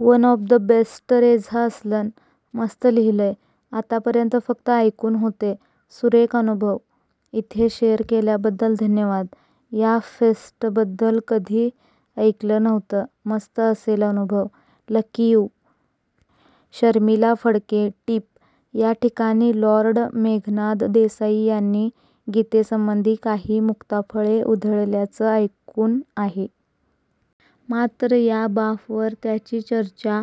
One of the best Reza Aslan. मस्त लिहिलयं! आत्ता पर्यंत फक्त ऐकून होते. सुरेख अनुभव! इथे शेअर केल्याबद्दल धन्यवाद. या फेस्टबद्दल कधी ऐकलं नव्हतं. मस्त असेल अनुभव. Lucky you! शर्मिला फडके, टीप: या ठिकाणी लॉर्ड मेघनाद देसाई यांनी गीतेसंबंधी काही मुक्ताफळे उधळल्याचं ऐकून आहे. मात्र या बाफवर त्याची चर्चा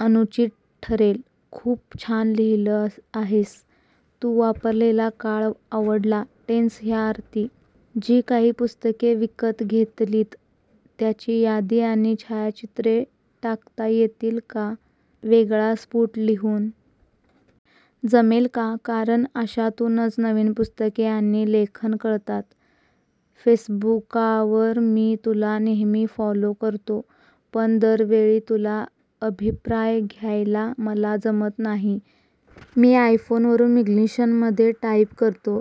अनुचित ठरेल. खूप छान लिहिलं आहेस. तू वापरलेला काळ आवडला. टेन्स ह्या अर्थी. जी काही पुस्तके विकत घेतलीत त्याची यादी आणि छायाचित्रे टाकता येतील का वेगळा स्फुट लिहून? जमेल का? कारण, अशातूनच नवीन पुस्तके आणि लेखक कळतात. फेसबुकावर मी तुला नेहमी फॉलो करतो पण दरवेळी तुला अभिप्राय द्यायला मला जमत नाही. मी आयफोनवरुन मिन्ग्लिशमधे टाईप करतो.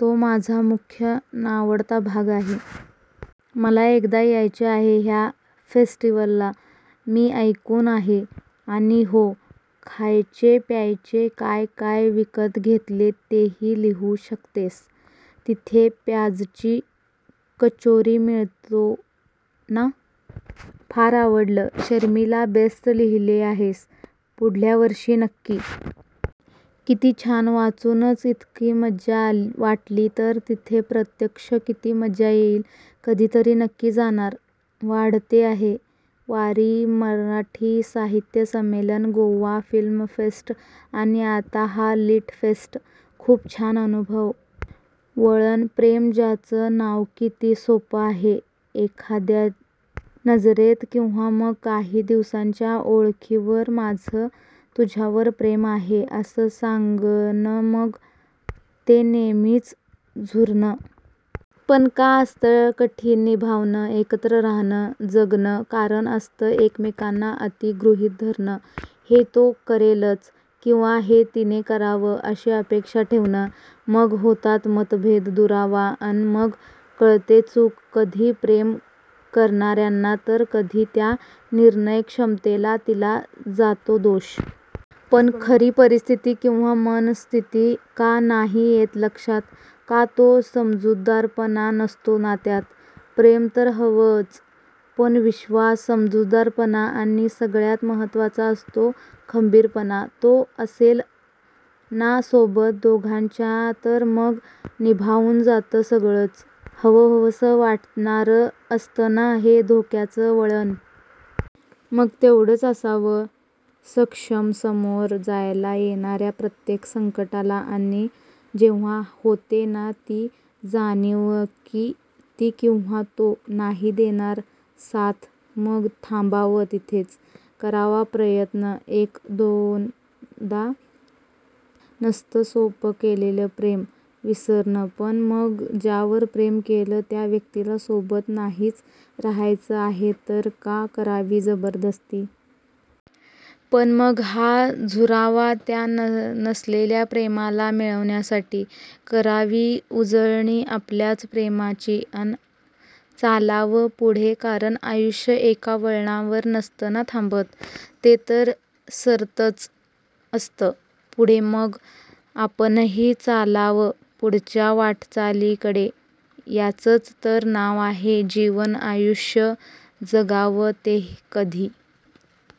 तो माझा मुख्य नावडता भाग आहे. मला एकदा यायचे आहे ह्या फेस्टीवलला. मी ऐकून आहे. आणि हो, खायचे प्यायचे काय काय विकत घेतले तेही लिहू शकतेस. तिथे प्याजची कचोरी मिळतो ना? फार आवडलं! शर्मिला, बेस्ट लिहिले आहेस. पुढल्या वर्षी नक्की!!! कित्ती छान! वाचूनच इतकी मज्जा वाटली तर तिथे प्रत्यक्ष किती मजा येईल! कधीतरी नक्की जाणार! वाढते आहे! वारी, मराठी साहित्य संमेलन, गोवा फिल्म फेस्ट आणि आता हा लिट फेस्ट! खुप छान अनुभव. वळण"प्रेम" ज्याचं नावकिती सोप्प आहे नाएखाद्या नजरेत किंवा मग काही दिवसांच्या ओळखीवर, माझं तुझ्यावर प्रेम आहे असं सांगणंमग ते नेहमीच झुरणं.. पण का असत कठीण निभावणं..? एकत्र राहणं.. जगणंकारण असत एकमेकांना "अति" गृहीत धरणंहे तो करेलच किंवा हे तिने करावं अशी अपेक्षा ठेवणं.. मग होतात मतभेददुरावा अन मग कळते चूक कधी प्रेम करणार्यांना तर कधी त्या निर्णय क्षमतेला तिला जातो दोष.. पण खरी परिस्तिथी किंवा मनःस्तिथी का नाही येत लक्षात? का तो समजूतदारपणा नसतो नात्यात..? प्रेम तर हवंच पण विश्वास, समजूतदारपणाआणि सगळ्यात महत्त्वाचा असतो खंबीरपणातो असेल ना सोबत दोघांच्या तर मग निभावून जात सगळंचहवंहवंसं वाटणार असत ना हे धोक्याचं वळण.. मग तेवढंच असावं सक्षमसामोरं जायला येणाऱ्या प्रत्येक संकटालाआणि जेव्हा होते ना ती जाणीवकी ती किंवा तो नाही देणार साथमग थांबावं तिथेच.. करावा प्रयत्न एक-दोनदानसत सोप्प केलेलं प्रेम विसरणंपण मग ज्यावर प्रेम केलं त्या व्यक्तीला सोबत नाहीच राहायचं आहे तर का करावी जबरदस्ती? पण मग का झुरावं त्या नसलेल्या प्रेमाला मिळवण्यासाठी? करावी उजळणी आपल्याच प्रेमाचीअन चालावं पुढेकारण आयुष्य एका वळणावर नसत ना थांबत.. ते तर सरतंच असत पुढेमग आपणही चालावंपुढच्या वाटचालीकडेयाचंच तर नाव आहे जीवनआयुष्यजगावं तेकधी